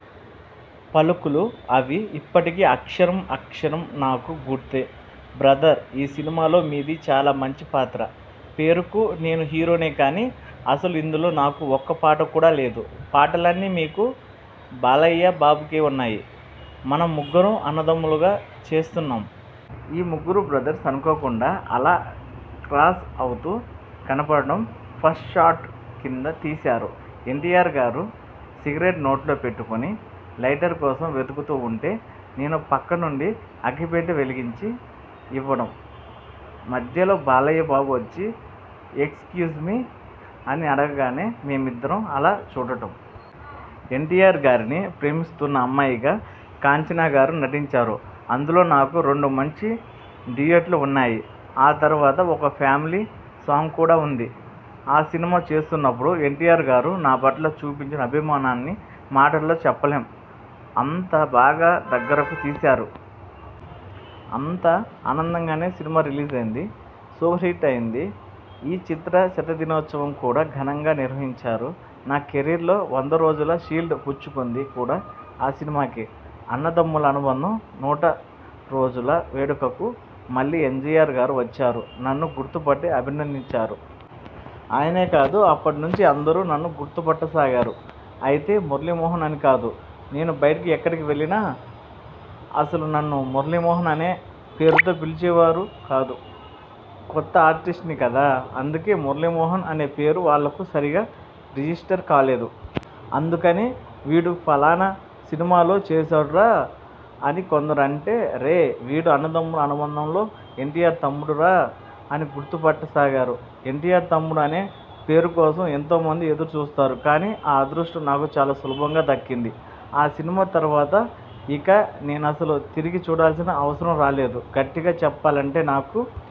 పలుకులు అవి. ఇప్పటికీ అక్షరం, అక్షరం నాకు గుర్తే. 'బ్రదర్ ఈ సినిమాలో మీది చాలా మంచి పాత్ర. పేరుకు నేను హీరోనే కానీ, అసలు ఇందులో నాకు ఒక్కపాట కూడా లేదు. పాటలన్నీ మీకూ, బాలయ్య బాబుకే ఉన్నాయి. మనం ముగ్గురం అన్నదమ్ములుగా చేస్తున్నాం. ఈ ముగ్గురు బ్రదర్స్ అనుకోకుండా అలా క్రాస్ అవుతూ కనపడటం ఫస్ట్ షాట్ కింద తీశారు. ఎన్టీఆర్ గారు సిగరెట్ నోట్లో పెట్టుకుని లైటర్ కోసం వెతుకుతూ ఉంటే, నేను పక్కనుండి అగ్గిపెట్టె వెలిగించి ఇవ్వడం, మధ్యలో బాలయ్య బాబు వచ్చి 'ఎక్స్ క్యూజ్మీ' అని అనగానే మేమిద్దరం అలా చూడటం.. ఎన్టీఆర్ గారిని ప్రేమిస్తున్న అమ్మాయిగా కాంచన గారు నటించారు. అందులో నాకు రెండు మంచి డ్యూయట్లు ఉన్నాయి. ఆ తర్వాత ఒక ఫ్యామిలీ సాంగ్ కూడా ఉంది. ఆ సినిమా చేస్తున్నప్పుడు ఎన్టీఆర్ గారు నాపట్ల చూపించిన అభిమానాన్ని మాటల్లో చెప్పలేం. అంత బాగా దగ్గరకు తీశారు. అంత ఆనందంగానే సినిమా రిలీజైంది. సూపర్ హిట్ అయింది. ఈ చిత్ర శతదినోత్సవం కూడా ఘనంగా నిర్వహించారు. నా కెరీర్లో వంద రోజుల షీల్డ్ పుచ్చుకుంది కూడా ఆ సినిమాకే. 'అన్నదమ్ముల అనుబంధం' నూట రోజుల వేడుకకు మళ్లీ ఎంజీఆర్ గారు వచ్చారు నన్ను గుర్తుపట్టి అభినందించారు. ఆయనే కాదు, అప్పటినుంచి అందరూ నన్ను గుర్తుపట్ట సాగారు. అయితే మురళీమోహన్ అని కాదు. నేను బయటికి ఎక్కడికి వెళ్లినా అసలు నన్ను మురళీమోహన్ అనే పేరుతో పిలిచేవారు కాదు. కొత్త ఆర్టిస్ట్ని కదా. అందుకే మురళీ మోహన్ అనే పేరు వాళ్లకు సరిగా రిజిస్టర్ కాలేదు. అందుకని 'వీడు ఫలానా సినిమాలో చేశాడురా' అని కొందరు అంటే, 'రేయ్.. వీడు అన్నదమ్ముల అనుబంధంలో, ఎన్టీఆర్ తమ్ముడురా' అని గుర్తుపట్ట సాగారు. ఎన్టీఆర్ తమ్ముడు అనే పేరుకోసం ఎంతోమంది ఎదురు చూస్తారు. కానీ ఆ అదృష్టం నాకు చాలా సులభంగా దక్కింది. ఆ సినిమా తర్వాత ఇక నేనసలు తిరిగి చూడాల్సిన అవసరం రాలేదు. గట్టిగా చెప్పాలంటే నాకు